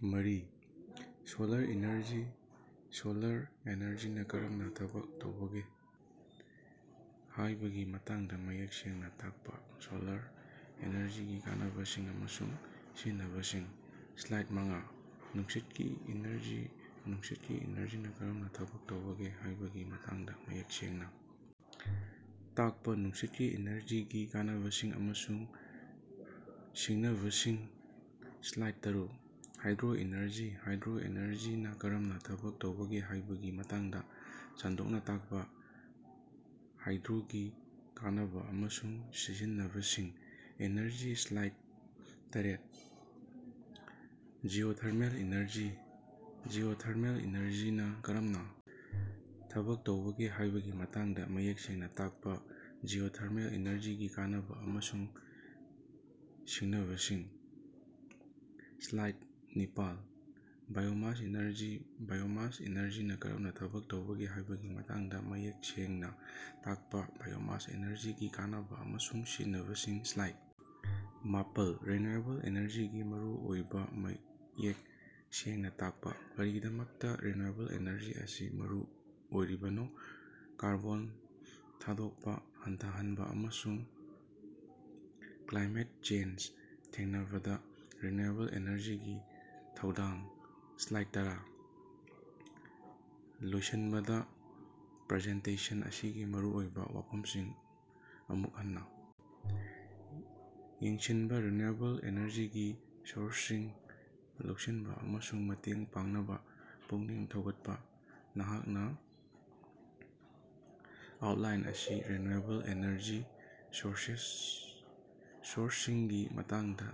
ꯃꯔꯤ: solar energy: solar ꯑꯦꯅꯔꯖꯤꯅ ꯀꯔꯝꯅ ꯊꯕꯛ ꯇꯧꯕꯒꯦ ꯍꯥꯏꯕꯒꯤ ꯃꯇꯥꯡꯗ ꯃꯌꯦꯛ ꯁꯦꯡꯅ ꯇꯥꯛꯄ ꯁꯣꯂꯥꯔ ꯑꯦꯅꯔꯖꯤꯒꯤ ꯀꯥꯟꯅꯕꯁꯤꯡ ꯑꯃꯁꯨꯡ ꯁꯤꯡꯅꯕꯁꯤꯡ꯫ ꯁ꯭ꯂꯥꯏꯗ ꯃꯉꯥ: ꯅꯨꯡꯁꯤꯠꯀꯤ ꯏꯅꯔꯖꯤ ꯅꯨꯡꯁꯤꯠꯀꯤ ꯏꯅꯔꯖꯤꯅ ꯀꯔꯝꯅ ꯊꯕꯛ ꯇꯧꯕꯒꯦ ꯍꯥꯏꯕꯒꯤ ꯃꯇꯥꯡꯗ ꯃꯌꯦꯛ ꯁꯦꯡꯅ ꯇꯥꯛꯄ ꯅꯨꯡꯁꯤꯠꯀꯤ ꯏꯅꯔꯖꯤꯒꯤ ꯀꯥꯟꯅꯕꯁꯤꯡ ꯑꯃꯁꯨꯡ ꯁꯤꯡꯅꯕꯁꯤꯡ꯫ ꯁ꯭ꯂꯥꯏꯗ ꯇꯔꯨꯛ: ꯍꯥꯏꯗ꯭ꯔꯣ ꯏꯅꯔꯖꯤ ꯍꯥꯏꯗ꯭ꯔꯣ ꯑꯦꯅꯔꯖꯤꯅ ꯀꯔꯝꯅ ꯊꯕꯛ ꯇꯧꯕꯒꯦ ꯍꯥꯏꯕꯒꯤ ꯃꯇꯥꯡꯗ ꯁꯟꯗꯣꯛꯅ ꯇꯥꯛꯄ ꯍꯥꯏꯗ꯭ꯔꯣꯒꯤ ꯀꯥꯟꯅꯕ ꯑꯃꯁꯨꯡ ꯁꯤꯡꯅꯕꯁꯤꯡ꯫ ꯏꯅꯔꯖꯤ ꯁ꯭ꯂꯥꯏꯗ ꯇꯔꯦꯠ: ꯖꯤꯑꯣꯊꯔꯃꯦꯜ ꯏꯅꯔꯖꯤ ꯖꯤꯑꯣꯊꯔꯃꯦꯜ ꯏꯅꯔꯖꯤꯅ ꯀꯔꯝꯅ ꯊꯕꯛ ꯇꯧꯕꯒꯦ ꯍꯥꯏꯕꯒꯤ ꯃꯇꯥꯡꯗ ꯃꯌꯦꯛ ꯁꯦꯡꯅ ꯇꯥꯛꯄ ꯖꯤꯑꯣꯊꯔꯃꯦꯜ ꯏꯅꯔꯖꯤꯒꯤ ꯀꯥꯟꯅꯕꯥ ꯑꯃꯁꯨꯡ ꯁꯤꯡꯅꯕꯁꯤꯡ꯫ ꯁ꯭ꯂꯥꯏꯗ ꯅꯤꯄꯥꯜ: ꯕꯥꯏꯑꯣꯃꯥꯁ ꯏꯅꯔꯖꯤ ꯕꯥꯏꯑꯣꯃꯥꯁ ꯏꯅꯔꯖꯤꯅ ꯀꯔꯝꯅ ꯊꯕꯛ ꯇꯧꯕꯒꯦ ꯍꯥꯏꯕꯒꯤ ꯃꯇꯥꯡꯗ ꯃꯌꯦꯛ ꯁꯦꯡꯅ ꯇꯥꯛꯄ ꯕꯥꯏꯑꯣꯃꯥꯁ ꯏꯅꯔꯖꯤꯒꯤ ꯀꯥꯟꯅꯕ ꯑꯃꯁꯨꯡ ꯁꯤꯡꯅꯕꯁꯤꯡ ꯁ꯭ꯂꯥꯏꯗ ꯃꯥꯄꯜ: ꯔꯤꯟꯌꯨꯑꯦꯕꯜ ꯏꯅꯔꯖꯤꯒꯤ ꯃꯔꯨꯑꯣꯏꯕ ꯃꯌꯦꯛ ꯁꯦꯡꯅ ꯇꯥꯛꯄ꯫ ꯀꯔꯤꯒꯤꯗꯃꯛꯇꯥ ꯔꯤꯟꯌꯨꯑꯦꯕꯜ ꯏꯅꯔꯖꯤ ꯑꯁꯤ ꯃꯔꯨꯑꯣꯏꯕꯅꯣ ꯀꯥꯔꯕꯣꯟ ꯊꯥꯗꯣꯛꯄ ꯍꯟꯊꯍꯟꯕ ꯑꯃꯁꯨꯡ ꯀ꯭ꯂꯥꯏꯃꯦꯠ ꯆꯦꯟꯖ ꯊꯦꯡꯅꯕꯗ ꯔꯤꯟꯌꯨꯑꯦꯕꯜ ꯏꯅꯔꯖꯤꯒꯤ ꯊꯧꯗꯥꯡ ꯁ꯭ꯂꯥꯏꯗ ꯇꯔꯥ: ꯂꯣꯏꯁꯤꯟꯕꯗ ꯄ꯭ꯔꯖꯦꯟꯇꯦꯁꯟ ꯑꯁꯤꯒꯤ ꯃꯔꯨꯑꯣꯏꯕ ꯋꯥꯐꯝꯁꯤꯡ ꯑꯃꯨꯛ ꯍꯟꯅ ꯌꯦꯡꯁꯤꯟꯕ ꯔꯤꯅ꯭ꯌꯨꯑꯦꯕꯜ ꯏꯅꯔꯖꯤꯒꯤ ꯁꯣꯔꯁꯁꯤꯡ ꯂꯧꯁꯤꯟꯕ ꯑꯃꯁꯨꯡ ꯃꯇꯦꯡ ꯄꯥꯡꯅꯕ ꯄꯨꯛꯅꯤꯡ ꯊꯧꯒꯠꯄ꯫ ꯅꯍꯥꯛꯅ ꯑꯥꯎꯠꯂꯥꯏꯟ ꯑꯁꯤ ꯔꯤꯟꯌꯨꯑꯦꯕꯜ ꯏꯅꯔꯖꯤ ꯁꯣꯔꯁꯁꯤꯡꯒꯤ ꯃꯇꯥꯡꯗ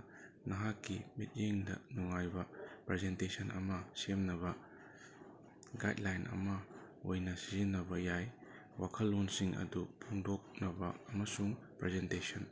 ꯅꯍꯥꯛꯀꯤ ꯃꯤꯠꯌꯦꯡꯗ ꯅꯨꯡꯉꯥꯏꯕ ꯄ꯭ꯔꯖꯦꯟꯇꯦꯁꯟ ꯑꯃ ꯁꯦꯝꯅꯕ ꯒꯥꯏꯗꯂꯥꯏꯟ ꯑꯃ ꯑꯣꯏꯅ ꯁꯤꯖꯤꯟꯅꯕ ꯌꯥꯏ꯫ ꯋꯥꯈꯜꯂꯣꯟꯁꯤꯡ ꯑꯗꯨ ꯐꯣꯡꯗꯣꯛꯅꯕ ꯑꯃꯁꯨꯡ ꯄ꯭ꯔꯖꯦꯟꯇꯦꯁꯟ